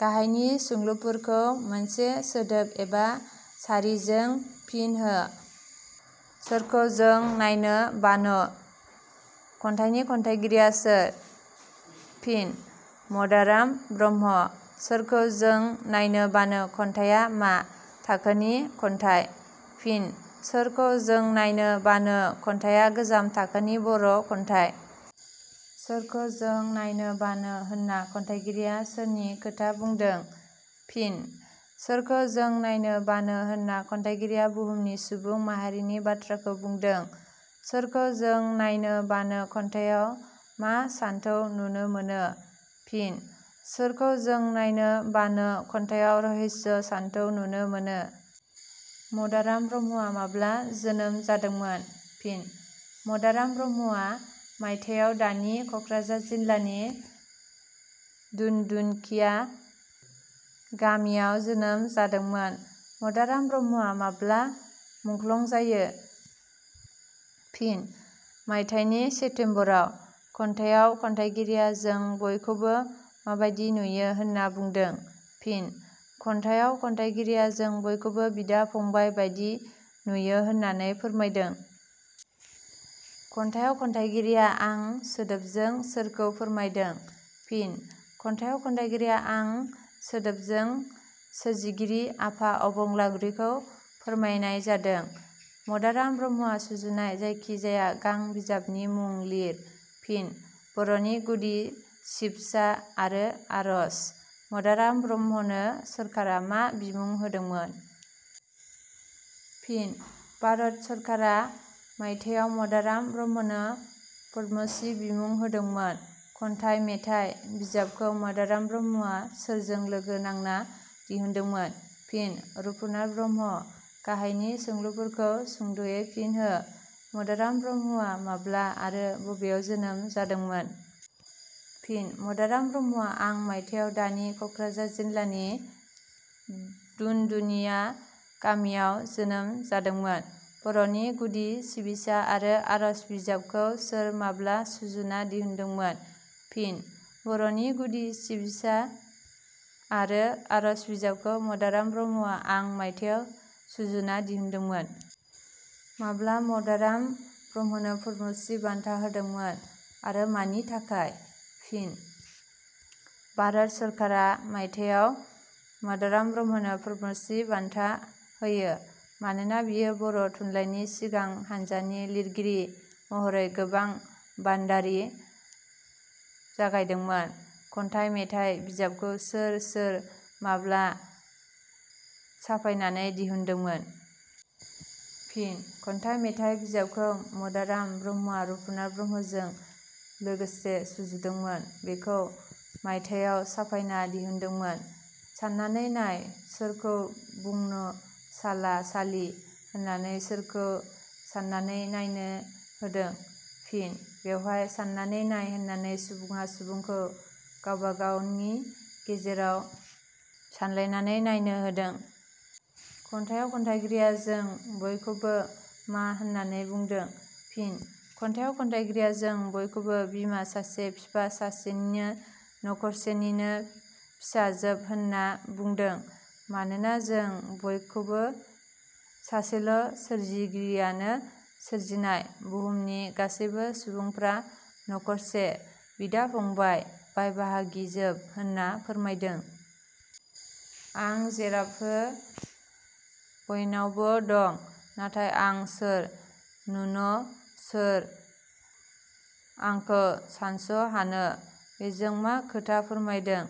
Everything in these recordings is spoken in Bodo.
गाहायनि सोंलुफोरखौ मोनसे सोदोब एबा सारिसेजों फिन हो 'छरखौ जं नाइन बान' खन्थाइनि खन्थाइगिरिया सोर? फिनः मदाराम ब्रह्म। 'छरखौ जं नाइन बान' खन्थाइया मा थाखोनि खन्थाइ? फिनः 'छरखौ जं नाइन बान' खन्थाइया गोजाम थाखोनि बर' खन्थाइ। 'छरखौ जं नाइन बान' होनना खन्थाइगिरिया सोरनि खोथा बुंदों? फिन: 'छरखौ जं नाइन बान' होनना खन्थाइगिरिया बुहुमनि सुबुं माहारिनि बाथ्राखौनो बुंदों। 'छरखौ जं नाइन बान' खन्थाइयाव मा सानथौ नुनो मोनो? फिनः' छरखौ जं नाइन बान' खन्थाइयाव रहस्य सानथौ नुनो मोनो। मदाराम ब्रह्मआ माब्ला जोनोम जादोंमोन? फिनः मदाराम ब्रह्मआ मायथाइयाव दानि कक्राझार जिलानि धनुधुनखिया गामियाव जोनोम जादोंमोन। मदाराम ब्रह्मआ माब्ला मुख्लं जायो? फिनः मायथाइनि सेप्तेम्बराव। खन्थाइयाव खन्थाइगिरिया जों बयखौबो माबादि नुयो होनना बुंदों? फिनः खन्थाइयाव खन्थाइगिरिया जों बयखौबो बिदा- फंबाइ बादि नुयो होननानै फोरमायदों। खन्थाइयाव खन्थाइगिरिया 'आं' सोदोबजों सोरखौ फोरमायदों? फिनः खन्थाइयाव खन्थाइगिरिया 'आं' सोदोबजों सोरजिगिरि आफा अबंलावरिखौ फोरमायनाय जादों। मदाराम ब्रह्मआ सुजुनाय जायखि जाया गां बिजाबनि मुं लिर। फिनः बर 'नि गुदि सिबसा आरो आरज। मदाराम ब्रह्मनो सोरखारा मा बिमुं होदोंमोन? फिनः भारत सरकारा मायथाइयाव मदाराम ब्रह्मनो 'पद्मसि' बिमुं होदोंमोन। खन्थाइ मेथाइ बिजाबखौ मदाराम ब्रह्मआ सोरजों लोगो नांना दिहुनदोंमोन? फिनः रुपनाथ ब्रह्म गाहायनि सोंलुफोरखौ सुंदयै फिन हो मदाराम ब्रह्मआ माब्ला आरो बबेयाव जोनोम जादोंमोन? फिनः मदाराम ब्रह्मआ आं मायथाइयाव दानि कक्राझार जिलानि धनुधुनिखया गामियाव जोनोम जादोंमोन। "बर 'नि गुदि सिबिसा आरो आरज" बिजाबखौ सोर माब्ला सुजुना दिहुनदोंमोन? फिनः 'बर 'नि गुदि सिबिसा आरो आरज' बिजाबखौ मदाराम ब्रह्मआ आं मायथाइयाव सुजुना दिहुनदोंमोन। माब्ला मदाराम ब्रह्मनो पद्मस्रि बान्था होदोंमोन आरो मानि थाखाय? फिनः भारत सरकारा मायथाइयाव मदाराम ब्रह्मनो 'पद्मस्रि' बान्था होयो। मानोना बियो बर' थुनलाइनि सिगां हान्जानि लिरगिरि महरै गोबां भान्दारि जागायदोंमोन। 'खन्थाइ-मेथाइ' बिजाबखौ सोर सोर, माब्ला साफायनानै दिहुनदोंमोन? फिनः 'खन्थाइ-मेथाइ' बिजाबखौ मदाराम ब्रह्मआ रुपनाथ ब्रह्मजों लोगोसे सुजुदोंमोन। बेखौ मायथाइयाव साफायना दिहुनदोंमोन। 'साननानै नाय सरखौ बुंन साला सालि' होननानै सोरखौ साननानै नायनो होदों? फिनः बेवहाय 'साननानै नाय' होननानै सुबुंङा सुबुंखौ गावबा-गावनि गेजेराव सानलायनानै नायनो होदों। खन्थाइयाव खन्थाइगिरिया जों बयखौबो मा होननानै बुंदों? फिनः खन्थाइयाव खन्थाइगिरिया जों बयखौबो बिमा सासे बिफा सासेनि नखरसेनिनो फिसाजोब होनना बुंदों। मानोना जों बयखौबो सासेल' सोरजिगिरियानो सोरजिनाय बुहुमनि गासैबो सुबुंफोरा नखरसे बिदा- फंबाइ, बाय-बाहागिजोब होनना फोरमायदों। "आं जेरावबहो बइनावब' दं, नाथाय आंखौ सर नुन सर आंखौ सानस हान? " बेजों मा खोथा फोरमायदों।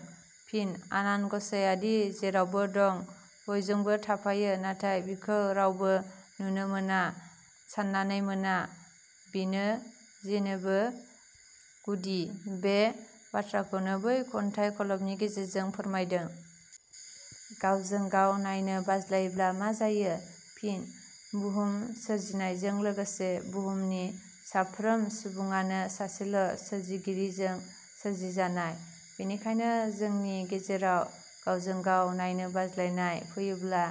फिनः आनान गसाइयादि जेरावबो दं बयजोंबो थाफायो नाथाय बिखौ रावबो नुनो मोना, साननानै मोना। बिनो जेनिबो गुदि, बे बाथ्राखौनो बै खन्थाइ खलबनि गेजेरजों फोरमायदों। गावजों गाव नायनो बाज्लायोब्ला मा जायो? फिनः बुहुम सोरजिनायजों लोगोसे बुहुमनि साफ्रोम सुबुंङानो सासेल' सोरजिगिरिजों सोरजिजानाय। बेनिखायनो जोंनि गेजेराव गावजों गाव नायनो बाज्लायनाय फैयोब्ला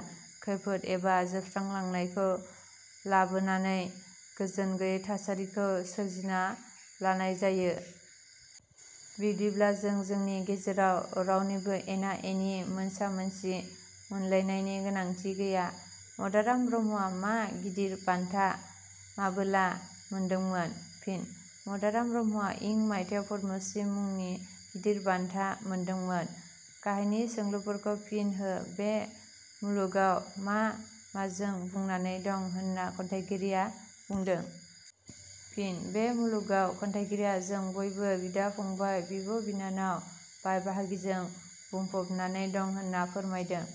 खैफोद एबा जोबस्रांलांनायखौ लाबोनानै गोजोन गैयै थासारिखौ सोरजिना लानाय जायो। बिब्दिब्ला जों जोंनि गेजेराव रावनिबो एना- एनि मोनसा-मोनसि मोनलायनायनि गोनांथि गैया। मदाराम ब्रह्मआ मा गिदिर बान्था माबोला मोनदोंमोन? फिनः मदाराम ब्रह्मआ इं माइथायाव पद्मस्रि मुंनि गिदिर बान्धा मोन्दोंमोन। गाहायनि सोंलुफोरखौ फिन हो बे मुलुगाव मा माजों बुंनानै दं होनना खन्थाइगिरिया बुंदों? फिनः बे मुलुगाव खन्थाइगिरिया जों बयबो बिदा- फंबाइ, बिब'-बिनानाव, बाय-बाहागिजों बुंफबनानै दं होनना फोरमायदों।